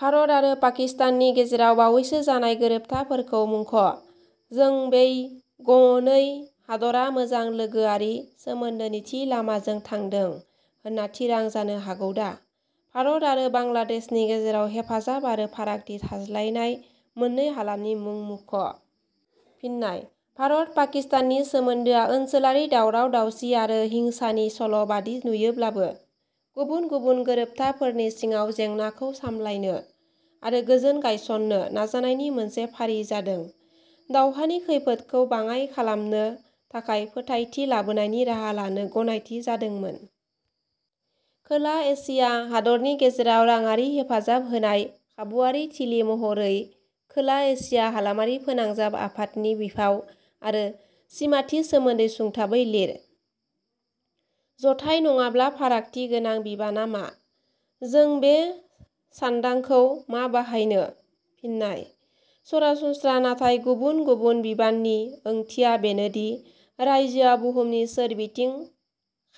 भारत आरो पाकिस्ताननि गेजेराव बावैसो जानाय गोरोबथा फोरखौ मुंख'। जों बै गनै हादरा मोजां लोगोयारि सोमोन्दोनि थि लामाजों थांदों होनना थिरां जानो हागौदा? भारत आरो बांलादेशनि गेजेराव हेफाजाब आरो फारागथि थाज्लायनाय मोननै हालामनि मुं मुख'। फिन्नाय: भारत-पाकिस्ताननि सोमोन्दोआ ओनसोलारि दावराव-दावसि आरो हिंसानि सल' बायदि नुयोब्लाबो, गुबुन गुबुन गोरोबथाफोरनि सिङाव जेंनाखौ सामलायनो आरो गोजोन गायसननो नाजानायनि मोनसे फारि जादों: दावहानि खैफोदखौ बाङाय खालामनो थाखाय फोथायथि लाबोनायनि राहा लानो गनायथि जादोंमोन। खोला एचिया हादरनि गेजेराव राङारि हेफाजाब होनाय खाबुवारि थिलि महरै खोला एचिया हालामारि फोनांजाब आफादनि बिफाव आरो सिमाथि सोमोन्दै सुंथाबै लिर। जथाइ नङाब्ला फारागथि गोनां बिबाना मा? जों बे सान्दांखौ मा बाहायनो? फिननाय: सरासनस्रा नाथाय गुबुन-गुबुन बिबाननि ओंथिया बेनोदि रायजोआ बुहुमनि सोरबिथिं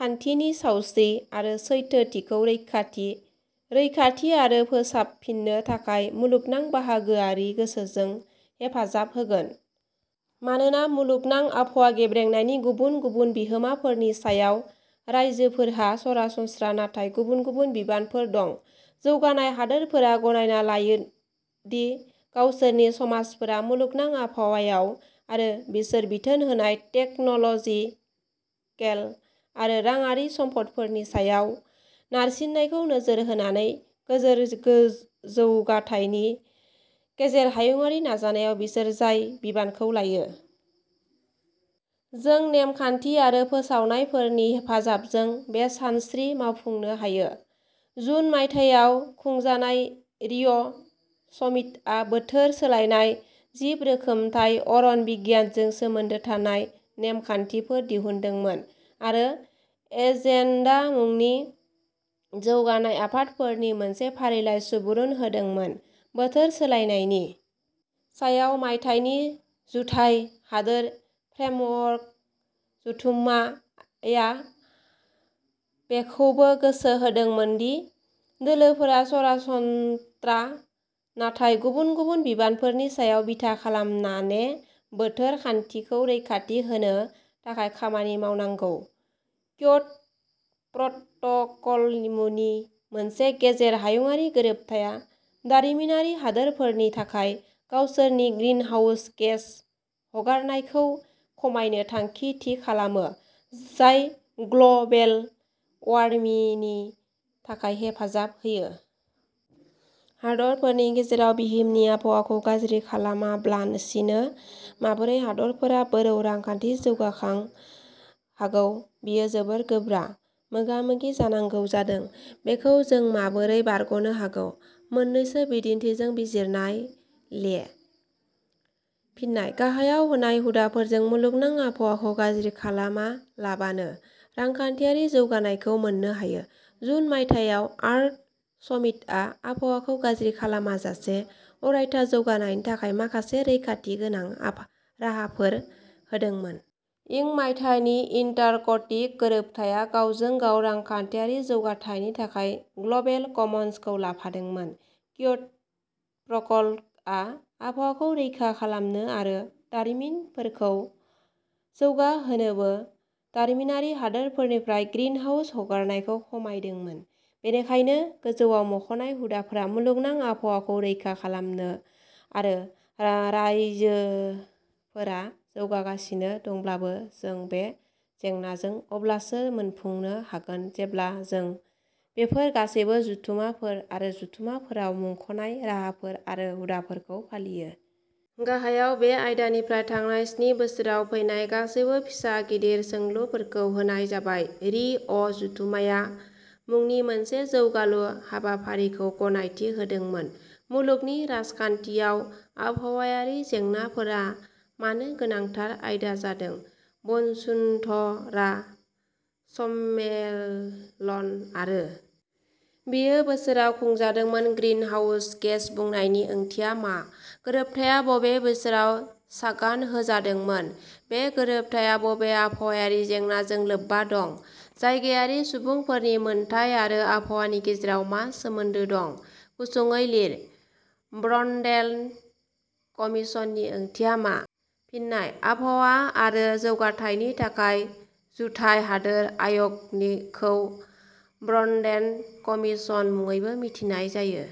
खान्थिनि सावस्रि आरो सैथोथिखौ रैखाथि, रैखाथि आरो फोसाबफिन्नो थाखाय मुलुगनां बाहागोआरि गोसोजों हेफाजाब होगोन। मानोना मुलुगनां आबहावा गेब्रेंनायनि गुबुन गुबुन बिहोमाफोरनि सायाव रायजोफोरहा सरासनस्रा नाथाय गुबुन-गुबुन बिबानफोर दं। जौगानाय हादोरफोरा गनायना लायो दि गावसोरनि समाजफोरा मुलुगनां आबहावायाव आरो बिसोर बिथोन होनाय टेक-न 'ल 'जिकेल आरो राङारि सम्फदफोरनि सायाव नारसिननायखौ नोजोर होनानै गोजोर जौगाथायनि गेजेर हायुंआरि नाजानायाव बिसोर जाय बिबानखौ लायो। जों नेमखान्थि आरो फोसावनायफोरनि हेफाजाबजों बे सानस्रि मावफुंनो हायो :.जुन मायथाइयाव खुंजानाय रिअ'-समिटआ बोथोर सोलायनाय, जिब रोखोमथाय, अरन बिगियानजों सोमोन्दो थानाय नेमखान्थिफोर दिहुनदोंमोन आरो एजेन्डा मुंनि जौगानाय आदबफोरनि मोनसे फारिलाइ सुबुरुन होदोंमोन।.बोथोर सोलायनायनि सायाव मायथाइनि जुधाइ, हादोर फ्रेमवर्क जथुम्मा आ बेखौबो गोसो होदोंमोन दि दोलोफोरा सरासनस्त्रा नाथाय गुबुन गुबुन बिबानफोरनि सायाव बिथा खालामनाने बोथोर खान्थिखौ रैखाथि होनो थाखाय खामानि मावनांगौ; क्योट' प्रट'कल मुनि मोनसे गेजेर हायुंआरि गोरोबथाया दारिमिनारि हादोरफोरनि थाखाय गावसोरनि ग्रीनहाउस गेस हगारनायखौ खमायनो थांखि थि खालामो जाय ग्ल 'बेल वार्मिनि थाखाय हेफाजाब होयो। हादरफोनि गेजेराव बिहिमनि आबहावाखौ गाज्रि खालामाब्लासिनो माबोरै हादरफोरा बोरौ रांखान्थि जौगाखां हागौ बियो जोबोर गोब्रा मोगा मोगि जानांगौ जादों? बेखौ जों माबोरै बारग 'नो हागौ? मोननैसो बिदिन्थिजों बिजिरनाय लिए। फिन्नाय: गाहायाव होनाय हुदाफोरजों मुलुगनां आबहावाखौ गाज्रि खालामालाबानो रांखान्थियारि जौगानायखौ मोननो हायो: जुन मायथाइयाव, आर्थ समिटआ आबहावाखौ गाज्रि खालामाजासे अरायथा जौगानायनि थाखाय माखासे रैखाथि गोनां राहाफोर होदोंमोन। इं मायथाइनि एन्टार्कटिक गोरोबथाया गावजों गाव रांखान्थियारि जौगाथायनि थाखाय ग्लबेल कमन्सखौ लाफादोंमोन। क्योट' प्रट'कलआ आबहावाखौ रैखा खालामनो आरो दारिमिनफोरखौ जौगाहोनोबो दारिमिनारि हादोरफोरनिफ्राय ग्रीनहाउस हगारनायखौ खमायदोंमोन। बेनिखायनो, गोजौआव मख'नाय हुदाफोरा मुलुगनां आबहावाखौ रैखा खालामो आरो रायजोफोरा जौगागासिनो दंब्लाबो जों बे जेंनाखौ अब्लासो मोनफुंनो हागोन जेब्ला जों बेफोर गासैबो जथुम्माफोर आरो जथुम्माफोराव मुंख 'नाय राहाफोर आरो हुदाफोरखौ फालियो। गाहायाव बे आयदानिफ्राय थांनाय स्नि बोसोराव फैनाय गासैबो फिसा- गिदिर सोंलुफोरखौ होनाय जाबाय। रि. अ. जथुम्माया - मुंनि मोनसे जौगालु हाबाफारिखौ गनायथि होदोंमोन। मुलुगनि राजखान्थियाव आबहावायारि जेंनाफोरा मानो गोनांथार आयदा जादों? बसुन्धरा सम्मेलन आरो…. बेयो बोसोराव खुंजादोंमोन। 'ग्रीनहाउस गेस' बुंनायनि ओंथिया मा? गोरोबथाया बबे बोसोराव सागान होजादोंमोन? बे गोरोबथाया बबे आबहावायारि जेंनाजों लोब्बा दं? जायगायारि सुबुंफोरनि मोन्थाय आरो आबहावानि गेजेराव मा सोमोन्दो दं? गुसुङै लिर। ब्रन्डलेन्ड कमिसननि ओंथिया मा? फिन्नाय: आबहावा आरो जौगाथायनि थाखाय जुधाइ हादोर आय 'गखौ ब्रन्डलेन्ड कमिसन मुङैबो मिथिनाय जायो।